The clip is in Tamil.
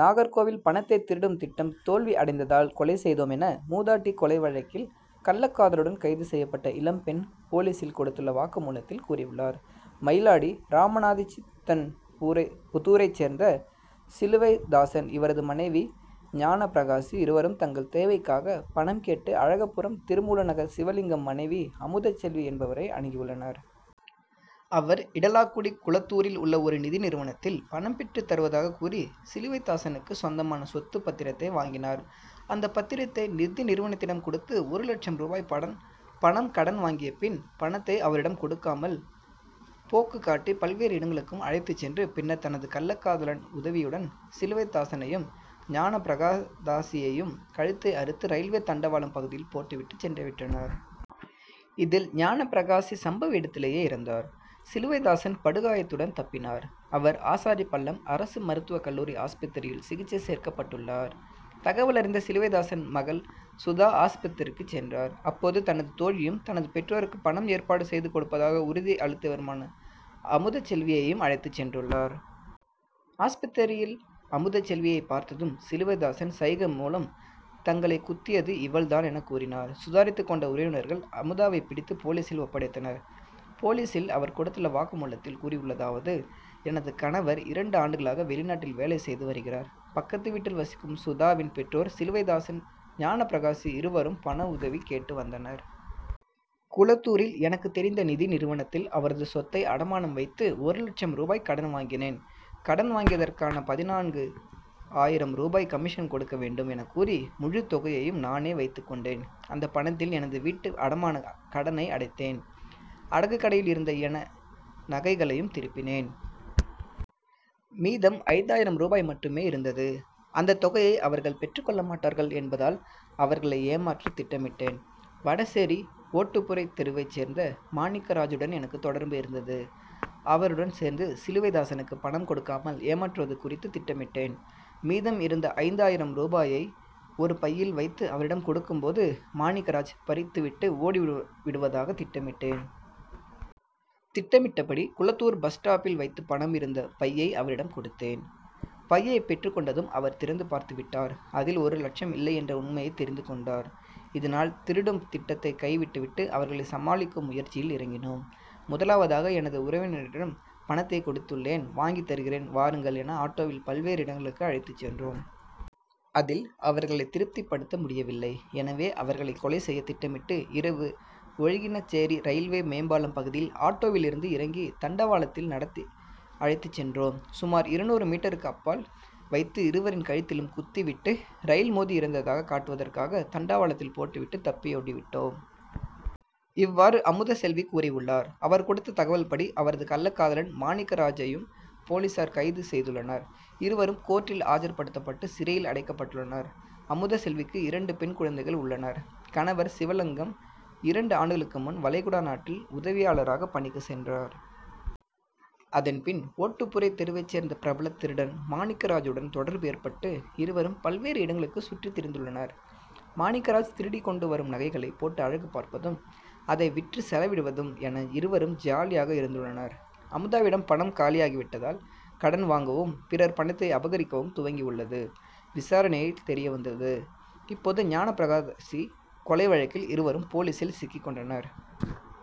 நாகர்கோவில் பணத்தை திருடும் திட்டம் தோல்வி அடைந்ததால் கொலை செய்தோம் என மூதாட்டி கொலை வழக்கில் கள்ளகாதலனுடன் கைது செய்யப்பட்ட இளம் பெண் போலீசில் கொடுத்துள்ள வாக்குமூலத்தில் கூறியுள்ளார். மயிலாடி ராமனாதிச்சன்புதூரை சேர்ந்த சிலுவைதாசன் இவரது மனைவி ஞானபிரகாசி. இருவரும் தங்கள் தேவைக்காக பணம் கேட்டு அழகப்பபுரம் திருமூலநகர் சிவலிங்கம் மனைவி அமுதசெல்வி என்பவரை அணுகியுள்ளனர். அவர் இடலாக்குடி குளத்தூரில் உள்ள ஒரு நிதி நிறுவனத்தில் பணம் பெற்று தருவதாக கூறி சிலுவைதாசனுக்கு சொந்தமான சொத்து பத்திரத்தை வாங்கினார். அந்த பத்திரத்தை நிதி நிறுவனத்திடம் கொடுத்து ஒரு லட்சம் ரூபாய் பணம் கடன் வாங்கியபின் பணத்தை அவரிடம் கொடுக்காமல் போக்கு காட்டி பல்வேறு இடங்களுக்கும் அழைத்து சென்று பின்னர் தனது கள்ளகாதலன் உதவியுடன் சிலுவைதாசனையும் ஞானபிரகாசியையும் கழுத்தை அறுத்து ரயில்வே தண்டவாளம் பகுதியில் போட்டுவிட்டு சென்றுவிட்டனர். இதில் ஞானபிரகாசி சம்பவ இடத்திலேயே இறந்தார். சிலுவைதாசன் படுகாயத்துடன் தப்பினார். அவர் ஆசாரிபள்ளம் அரசு மருத்துவ கல்லூரி ஆஸ்பத்திரியில் சிகிச்சை சேர்க்கப்பட்டுள்ளார். தகவல் அறிந்த சிலுவைதாசன் மகள் சுதா ஆஸ்பத்திரிக்கு சென்றார். அப்போது தனது தோழியும் தனது பெற்றோருக்கு பணம் ஏற்பாடு செய்து கொடுப்பதாக உறுதி அளித்தவருமான அமுதசெல்வியையும் அழைத்து சென்றுள்ளார். ஆஸ்பத்திரியில் அமுதசெல்வியை பார்த்ததும் சிலுவைதாசன் சைகைமூலம் தங்களை குத்தியது இவள்தான் என கூறினார். சுதாரித்துக்கொண்ட உறவினர்கள் அமுதாவை பிடித்து போலீசில் ஒப்படைத்தனர். போலீசில் அவர் கொடுத்துள்ள வாக்குமூலத்தில் கூறியுள்ளதாவது எனது கணவர் இரண்டு ஆண்டுகளாக வெளிநாட்டில் வேலை செய்து வருகிறார். பக்கத்துவீட்டில் வசிக்கும் சுதாவின் பெற்றோர் சிலுவைதாசன் ஞானபிரகாசி இருவரும் பண உதவி கேட்டு வந்தனர். குளத்தூரில் எனக்கு தெரிந்த நிதி நிறுவனத்தில் அவரது சொத்தை அடமானம் வைத்து ஒரு லட்சம் ரூபாய் கடன் வாங்கினேன். கடன் வாங்கியதற்காக பதினான்கு ஆயிரம் ரூபாய் கமிஷன் கொடுக்க வேண்டும் என கூறி முழு தொகையையும் நானே வைத்துக்கொண்டேன். அந்த பணத்தில் எனது வீட்டு அடமான கடனை அடைத்தேன் அடகு கடையில் இருந்த என நகைகளையும் திருப்பினேன். மீதம் ஐந்து ஆயிரம் ரூபாய் மட்டுமே இருந்தது. அந்த தொகையை அவர்கள் பெற்றுக்கொள்ள மாட்டார்கள் என்பதால் அவர்களை ஏமாற்ற திட்டமிட்டேன். வடசேரி ஓட்டுப்புரை தெருவை சேர்ந்த மாணிக்கராஜூடன் எனக்கு தொடர்பு இருந்தது. அவருடன் சேர்ந்து சிலுவைதாசனுக்கு பணம் கொடுக்காமல் ஏமாற்றுவது குறித்து திட்டமிட்டேன். மீதம் இருந்த ஐந்து ஆயிரம் ரூபாயை ஒரு பையில் வைத்து அவரிடம் கொடுக்கும்போது மாணிக்கராஜ் பறித்துவிட்டு ஓடிவிடுவதாக திட்டமிட்டேன். திட்டமிட்டபடி குளத்தூர் பஸ் ஸ்டாப்பில் வைத்து பணம் இருந்த பையை அவரிடம் கொடுத்தேன். பையை பெற்றுக்கொண்டதும் அவர் திறந்து பார்த்துவிட்டார். அதில் ஒரு லட்சம் இல்லை என்ற உண்மையை தெரிந்துக்கொண்டார். இதனால் திருடும் திட்டத்தை கைவிட்டுவிட்டு அவர்களை சமாளிக்கும் முயற்சியில் இறங்கினோம். முதலாவதாக எனது உறவினரிடம் பணத்தை கொடுத்துள்ளேன் வாங்கி தருகிறேன் வாருங்கள் என ஆட்டோவில் பல்வேறு இடங்களுக்கு அழைத்து சென்றோம். அதில் அவர்களை திருப்திப்படுத்த முடியவில்லை. எனவே அவர்களை கொலை செய்ய திட்டமிட்டு இரவு ஒழுகினசேரி ரயில்வே மேம்பாலம் பகுதியில் ஆட்டோவில் இருந்து இறங்கி தண்டவாளத்தில் நடத்தி அழைத்து சென்றோம். சுமார் இருநூறு மீட்டருக்கு அப்பால் வைத்து இருவரின் கழுத்திலும் குத்திவிட்டு ரயில் மோதி இறந்ததாக காட்டுவதற்காக தண்டவாளத்தில் போட்டுவிட்டு தப்பியோடிவிட்டோம். இவ்வாறு அமுதசெல்வி கூறியுள்ளார். அவர் கொடுத்த தகவல்படி அவரது கள்ளகாதலன் மாணிக்கராஜ் யும் போலீசார் கைது செய்துள்ளனர். இருவரும் கோர்டில் ஆஜர்படுத்தப்பட்டு சிறையில் அடைக்கப்பட்டுள்ளனர். அமுதசெல்விக்கு இரண்டு பெண் குழந்தைகள் உள்ளனர். கணவர் சிவலிங்கம் இரண்டு ஆண்டுகளுக்கு முன் வளைகுடா நாட்டில் உதவியாளராக பணிக்கு சென்றார். அதன்பின் ஓட்டுப்புரை தெருவை சேர்ந்த பிரபல திருடன் மாணிக்கராஜுடன் தொடர்பு ஏற்பட்டு இருவரும் பல்வேறு இடங்களுக்கு சுற்றி திரிந்துள்ளனர். மாணிக்கராஜ் திருடி கொண்டு வரும் நகைகளை போட்டு அழகு பார்ப்பதும் அதை விற்று செலவிடுவதும் என இருவரும் ஜாலியாக இருந்துள்ளனர். அமுதாவிடம் பணம் காலியாகிவிட்டதால் கடன் வாங்குவும் பிறர் பணத்தை அபகரிக்கவும் துவங்கியுள்ளது விசாரணையில் தெரியவந்தது. இப்போது ஞானபிரகாசி கொலை வழக்கில் இருவரும் போலீசில் சிக்கிக்கொண்டனர்.